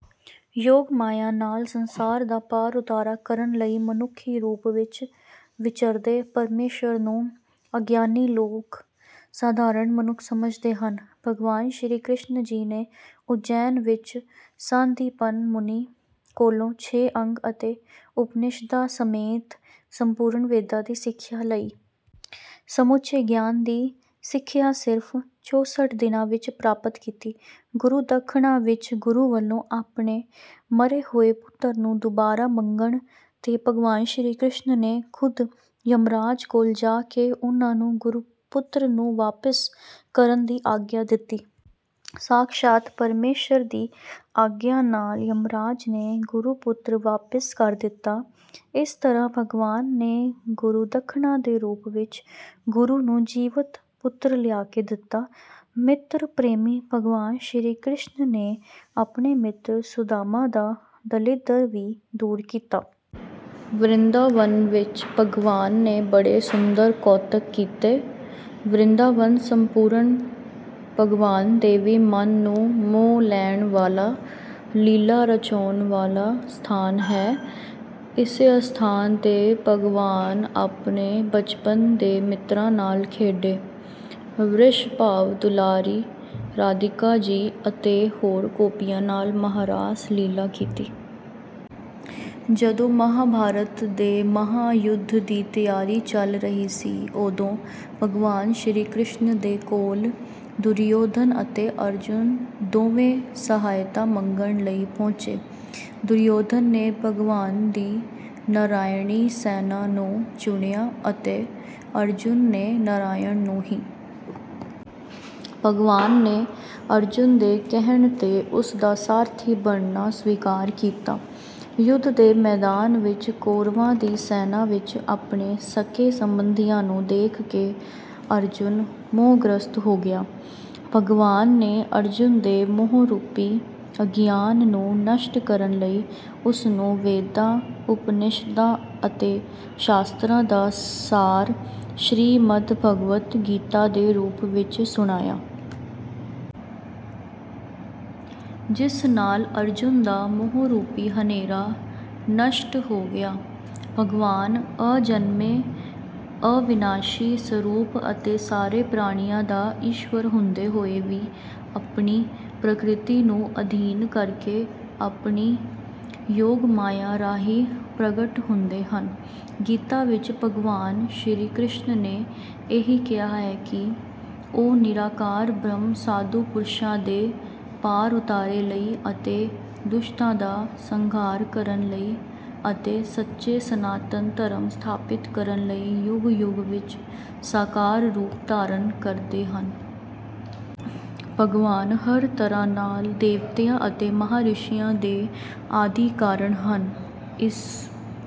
ਯੋਗਮਾਇਆ ਨਾਲ ਸੰਸਾਰ ਦਾ ਪਾਰ ਉਤਾਰਾ ਕਰਨ ਲਈ ਮਨੁੱਖੀ ਰੂਪ ਵਿੱਚ ਵਿਚਰਦੇ ਪ੍ਰਮੇਸ਼ਵਰ ਨੂੰ ਅਗਿਆਨੀ ਲੋਕ ਸਾਧਾਰਨ ਮਨੁੱਖ ਸਮਝਦੇ ਹਨ। ਭਗਵਾਨ ਸ਼੍ਰੀ ਕ੍ਰਿਸ਼ਨ ਜੀ ਨੇ ਉਜੈਨ ਵਿੱਚ ਸਾਂਦੀਪਨ ਮੁਨੀ ਕੋਲੋਂ ਛੇ ਅੰਗ ਅਤੇ ਉਪਨਿਸ਼ਦਾਂ ਸਮੇਤ ਸੰਪੂਰਨ ਵੇਦਾਂ ਦੀ ਸਿੱਖਿਆ ਲਈ। ਸਮੁੱਚੇ ਗਿਆਨ ਦੀ ਸਿੱਖਿਆ ਸਿਰਫ਼ ਚੌਂਸਠ ਦਿਨਾਂ ਵਿੱਚ ਪ੍ਰਾਪਤ ਕੀਤੀ। ਗੁਰੂ ਦੱਖਣਾ ਵਿੱਚ ਗੁਰੂ ਵਲੋਂ ਆਪਣੇ ਮਰੇ ਹੋਏ ਪੁੱਤਰ ਨੂੰ ਦੁਬਾਰਾ ਮੰਗਣ ਤੇ ਭਗਵਾਨ ਸ਼੍ਰੀ ਕ੍ਰਿਸ਼ਨ ਨੇ ਖ਼ੁਦ ਯਮਰਾਜ ਕੋਲ ਜਾ ਕੇ ਉਨ੍ਹਾਂ ਨੂੰ ਗੁਰੂ ਪੁੱਤਰ ਨੂੰ ਵਾਪਿਸ ਕਰਨ ਦੀ ਆਗਿਆ ਦਿੱਤੀ। ਸਾਖਸ਼ਾਤ ਪ੍ਰਮੇਸ਼ਵਰ ਦੀ ਆਗਿਆ ਨਾਲ ਯਮਰਾਜ ਨੇ ਗੁਰੂ ਪੁੱਤਰ ਵਾਪਿਸ ਕਰ ਦਿੱਤਾ। ਇਸ ਤਰ੍ਹਾਂ ਭਗਵਾਨ ਨੇ ਗੁਰੂ ਦੱਖਣਾ ਦੇ ਰੂਪ ਵਿੱਚ ਗੁਰੂ ਨੂੰ ਜੀਵਤ ਪੁੱਤਰ ਲਿਆ ਕੇ ਦਿੱਤਾ। ਮਿੱਤਰ ਪ੍ਰੇਮੀ ਭਗਵਾਨ ਸ਼੍ਰੀ ਕ੍ਰਿਸ਼ਨ ਨੇ ਆਪਣੇ ਮਿੱਤਰ ਸੁਦਾਮਾ ਦਾ ਦਲਿੱਦਰ ਵੀ ਦੂਰ ਕੀਤਾ। ਵਰਿੰਦਾਵਨ ਵਿੱਚ ਭਗਵਾਨ ਨੇ ਬੜੇ ਸੁੰਦਰ ਕੌਤਕ ਕੀਤੇ। ਵਰਿੰਦਾਵਨ ਸੰਪੂਰਨ ਭਗਵਾਨ ਦੇ ਵੀ ਮਨ ਨੂੰ ਮੋਹ ਲੈਣ ਵਾਲਾ ਲੀਲਾ ਰਚਾਉਣ ਵਾਲਾ ਸਥਾਨ ਹੈ। ਇਸੇ ਸਥਾਨ ਤੇ ਭਗਵਾਨ ਆਪਣੇ ਬਚਪਨ ਦੇ ਮਿੱਤਰਾਂ ਨਾਲ ਖੇਡੇ। ਵ੍ਰਿਸ਼ਭਾਵ ਦੁਲਾਰੀ ਰਾਧਿਕਾ ਜੀ ਅਤੇ ਹੋਰ ਗੋਪੀਆਂ ਨਾਲ ਮਹਾਰਾਸ ਲੀਲਾ ਕੀਤੀ। ਜਦੋਂ ਮਹਾਭਾਰਤ ਦੇ ਮਹਾਯੁੱਧ ਦੀ ਤਿਆਰੀ ਚੱਲ ਰਹੀ ਸੀ ਉਦੋਂ ਭਗਵਾਨ ਸ਼੍ਰੀ ਕ੍ਰਿਸ਼ਨ ਦੇ ਕੋਲ ਦੁਰਯੋਧਨ ਅਤੇ ਅਰਜੁਨ ਦੋਵੇਂ ਸਹਾਇਤਾ ਮੰਗਣ ਲਈ ਪਹੁੰਚੇ। ਦੁਰਯੋਧਨ ਨੇ ਭਗਵਾਨ ਦੀ ਨਰਾਇਣੀ ਸੈਨਾ ਨੂੰ ਚੁਣਿਆ ਅਤੇ ਅਰਜੁਨ ਨੇ ਨਰਾਇਣ ਨੂੰ ਹੀ। ਭਗਵਾਨ ਨੇ ਅਰਜੁਨ ਦੇ ਕਹਿਣ ਤੇ ਉਸਦਾ ਸਾਰਥੀ ਬਣਨਾ ਸਵੀਕਾਰ ਕੀਤਾ। ਯੁੱਧ ਦੇ ਮੈਦਾਨ ਵਿੱਚ ਕੌਰਵਾਂ ਦੀ ਸੈਨਾ ਵਿੱਚ ਆਪਣੇ ਸਕੇ-ਸੰਬੰਧੀਆਂ ਨੂੰ ਦੇਖ ਕੇ ਅਰਜੁਨ ਮੋਹਗ੍ਰਸਤ ਹੋ ਗਿਆ। ਭਗਵਾਨ ਨੇ ਅਰਜੁਨ ਦੇ ਮੋਹਰੂਪੀ ਅਗਿਆਨ ਨੂੰ ਨਸ਼ਟ ਕਰਨ ਲਈ ਉਸਨੂੰ ਵੇਦਾਂ ਉਪਨਿਸ਼ਦਾਂ ਅਤੇ ਸ਼ਾਸਤਰਾਂ ਦਾ ਸਾਰ ਸ਼੍ਰੀਮਦ ਭਗਵਦ ਗੀਤਾ ਦੇ ਰੂਪ ਵਿੱਚ ਸੁਣਾਇਆ। ਜਿਸ ਨਾਲ ਅਰਜੁਨ ਦਾ ਮੋਹਰੂਪੀ ਹਨੇਰਾ ਨਸ਼ਟ ਹੋ ਗਿਆ। ਭਗਵਾਨ ਅਜਨਮੇ ਅਵਿਨਾਸ਼ੀ ਸਰੂਪ ਅਤੇ ਸਾਰੇ ਪ੍ਰਾਣੀਆਂ ਦਾ ਈਸ਼ਵਰ ਹੁੰਦੇ ਹੋਏ ਵੀ ਆਪਣੀ ਪ੍ਰਕਿਰਤੀ ਨੂੰ ਅਧੀਨ ਕਰਕੇ ਆਪਣੀ ਯੋਗਮਾਇਆ ਰਾਹੀਂ ਪ੍ਰਗਟ ਹੁੰਦੇ ਹਨ। ਗੀਤਾ ਵਿੱਚ ਭਗਵਾਨ ਸ਼੍ਰੀ ਕ੍ਰਿਸ਼ਨ ਨੇ ਇਹੀ ਕਿਹਾ ਹੈ ਕਿ ਉਹ ਨਿਰਾਕਾਰ ਬ੍ਰਹਮ ਸਾਧੂ ਪੁਰਸ਼ਾਂ ਦੇ ਪਾਰ ਉਤਾਰੇ ਲਈ ਅਤੇ ਦੁਸ਼ਟਾਂ ਦਾ ਸੰਘਾਰ ਕਰਨ ਲਈ ਅਤੇ ਸੱਚੇ ਸਨਾਤਨ ਧਰਮ ਸਥਾਪਿਤ ਕਰਨ ਲਈ ਯੁੱਗ-ਯੁੱਗ ਵਿੱਚ ਸਾਕਾਰ ਰੂਪ ਧਾਰਨ ਕਰਦੇ ਹਨ। ਭਗਵਾਨ ਹਰ ਤਰ੍ਹਾਂ ਨਾਲ ਦੇਵਤਿਆਂ ਅਤੇ ਮਹਾਰਿਸ਼ੀਆਂ ਦੇ ਆਦਿ ਕਾਰਨ ਹਨ। ਇਸ